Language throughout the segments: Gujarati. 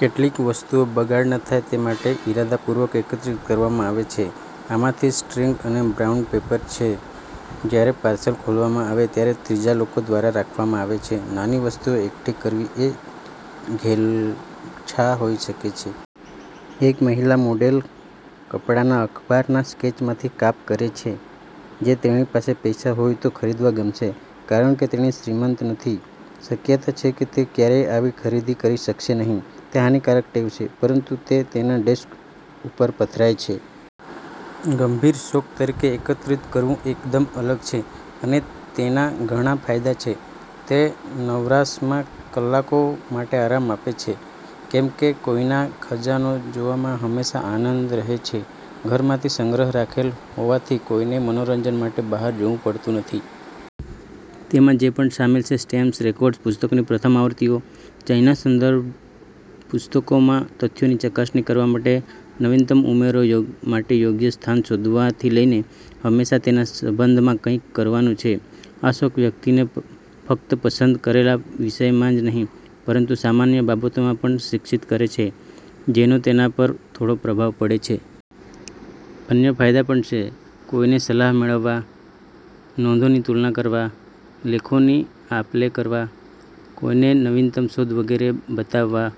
કેટલીક વસ્તુઓ બગાડ ન થાય તે માટે ઇરાદાપૂર્વક એકત્રિત કરવામાં આવે છે. આમાંથી સ્ટ્રિંગ અને બ્રાઉન પેપર છે, જ્યારે પાર્સલ ખોલવામાં આવે ત્યારે ત્રીજા લોકો દ્વારા રાખવામાં આવે છે. નાની વસ્તુઓ એકઠી કરવી એ ઘેલછા હોઈ શકે છે. એક મહિલા મોડેલ કપડાના અખબારના સ્કેચમાંથી કાપ કરે છે જે તેણી પાસે પૈસા હોય તો ખરીદવા ગમશે. કારણ કે તેણી શ્રીમંત નથી, શક્યતા છે કે તે ક્યારેય આવી ખરીદી કરી શકશે નહીં. તે હાનિકારક ટેવ છે, પરંતુ તે તેના ડેસ્ક ઉપર પથરાય છે. ગંભીર શોખ તરીકે એકત્રિત કરવું એકદમ અલગ છે અને તેના ઘણા ફાયદા છે. તે નવરાશના કલાકો માટે આરામ આપે છે, કેમ કે કોઈના ખજાનો જોવામાં હંમેશા આનંદ રહે છે. ઘરમાંથી સંગ્રહ રાખેલ હોવાથી કોઈને મનોરંજન માટે બહાર જવુ પડતું નથી. તેમાં જે પણ શામેલ છે સ્ટેમ્પ્સ, રેકોર્ડ્સ, પુસ્તકોની પ્રથમ આવૃત્તિઓ, ચાઇના સંદર્ભ પુસ્તકોમાં તથ્યોની ચકાસણી કરવા માટે નવીનતમ ઉમેરો માટે યોગ્ય સ્થાન શોધવાથી લઈને, હંમેશાં તેના સંબંધમાં કંઈક કરવાનું છે. આ શોખ વ્યક્તિને ફક્ત પસંદ કરેલા વિષયમાં જ નહીં, પરંતુ સામાન્ય બાબતોમાં પણ શિક્ષિત કરે છે જેનો તેના પર થોડો પ્રભાવ પડે છે. અન્ય ફાયદા પણ છે. કોઈને સલાહ મેળવવા, નોંધોની તુલના કરવા, લેખોની આપલે કરવા, કોઈની નવીનતમ શોધ વગેરે બતાવવા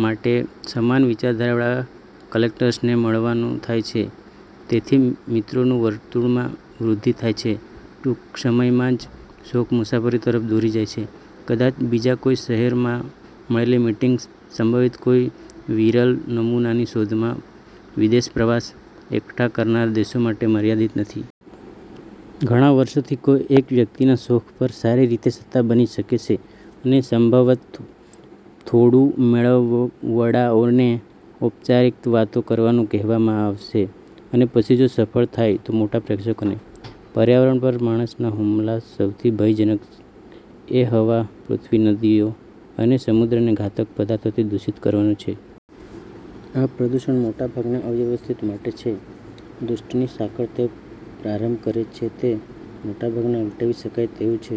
માટે સમાન વિચારધારાવાળા કલેક્ટર્સને મળવાનું થાય છે. તેથી, મિત્રોના વર્તુળમાં વૃદ્ધિ થાય છે. ટૂંક સમયમાં જ શોખ મુસાફરી તરફ દોરી જાય છે, કદાચ બીજા કોઈ શહેરમાં મળેલી મીટિંગ, સંભવત કોઈ વિરલ નમૂનાની શોધમાં વિદેશ પ્રવાસ, એકઠા કરનારા દેશ માટે મર્યાદિત નથી. ઘણા વર્ષોથી કોઈ એક વ્યક્તિના શોખ પર સારી રીતે સત્તા બની શકે છે અને સંભવત થોડું મેળાવડાઓને અનૌપચારિક વાતો કરવાનું કહેવામાં આવશે અને પછી જો સફળ થાય તો મોટા પ્રેક્ષકોને. પર્યાવરણ પર માણસના હુમલાઓમાં સૌથી ભયજનક એ હવા, પૃથ્વી, નદીઓ અને સમુદ્રને ઘાતક પદાર્થોથી દૂષિત કરવાનું છે. આ પ્રદૂષણ મોટાભાગના અવ્યવસ્થિત માટે છે; દુષ્ટની સાંકળ તે પ્રારંભ કરે છે તે મોટાભાગના ઉલટાવી શકાય તેવું છે.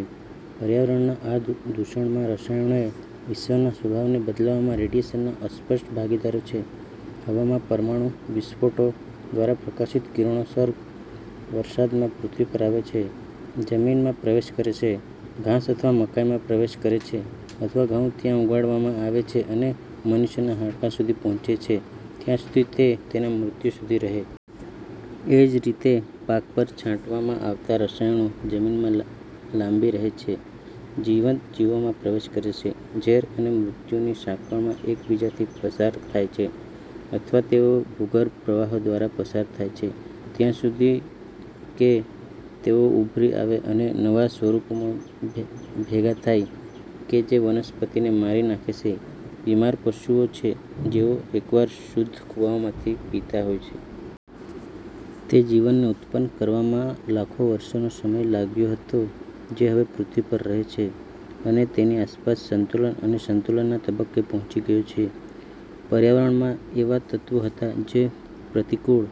પર્યાવરણના આ દૂષણમાં રસાયણો એ વિશ્વના સ્વભાવને બદલવામાં રેડિયેશનના અસ્પષ્ટ ભાગીદારો છે; હવામાં પરમાણુ વિસ્ફોટો દ્વારા પ્રકાશિત કિરણોત્સર્ગ, વરસાદમાં પૃથ્વી પર આવે છે, જમીનમાં પ્રવેશ કરે છે, ઘાસ અથવા મકાઈમાં પ્રવેશ કરે છે અથવા ઘઉં ત્યાં ઉગાડવામાં આવે છે અને મનુષ્યના હાડકાં સુધી પહોંચે છે, ત્યાં સુધી તે તેના મૃત્યુ સુધી રહે છે. એ જ રીતે, પાક પર છાંટવામાં આવતા રસાયણો, જમીનમાં લાંબી રહે છે, જીવંત જીવોમાં પ્રવેશ કરે છે, ઝેર અને મૃત્યુની સાંકળમાં એક બીજાથી પસાર થાય છે. અથવા તેઓ ભૂગર્ભ પ્રવાહો દ્વારા પસાર થાય છે ત્યાં સુધી કે તેઓ ઉભરી આવે અને નવા સ્વરૂપોમાં ભેગા થાય કે જે વનસ્પતિને મારી નાખે છે, બીમાર પશુઓ છે અને જેઓ એકવાર શુદ્ધ કુવાઓમાંથી પીતા હોય છે. તે જીવનને ઉત્પન્ન કરવામાં લાખો વર્ષોનો સમય લાગ્યો હતો જે હવે પૃથ્વી પર રહે છે અને તેની આસપાસના સંતુલન અને સંતુલનના તબક્કે પહોંચી ગયો છે. પર્યાવરણમાં એવા તત્વો હતા જે પ્રતિકૂળ।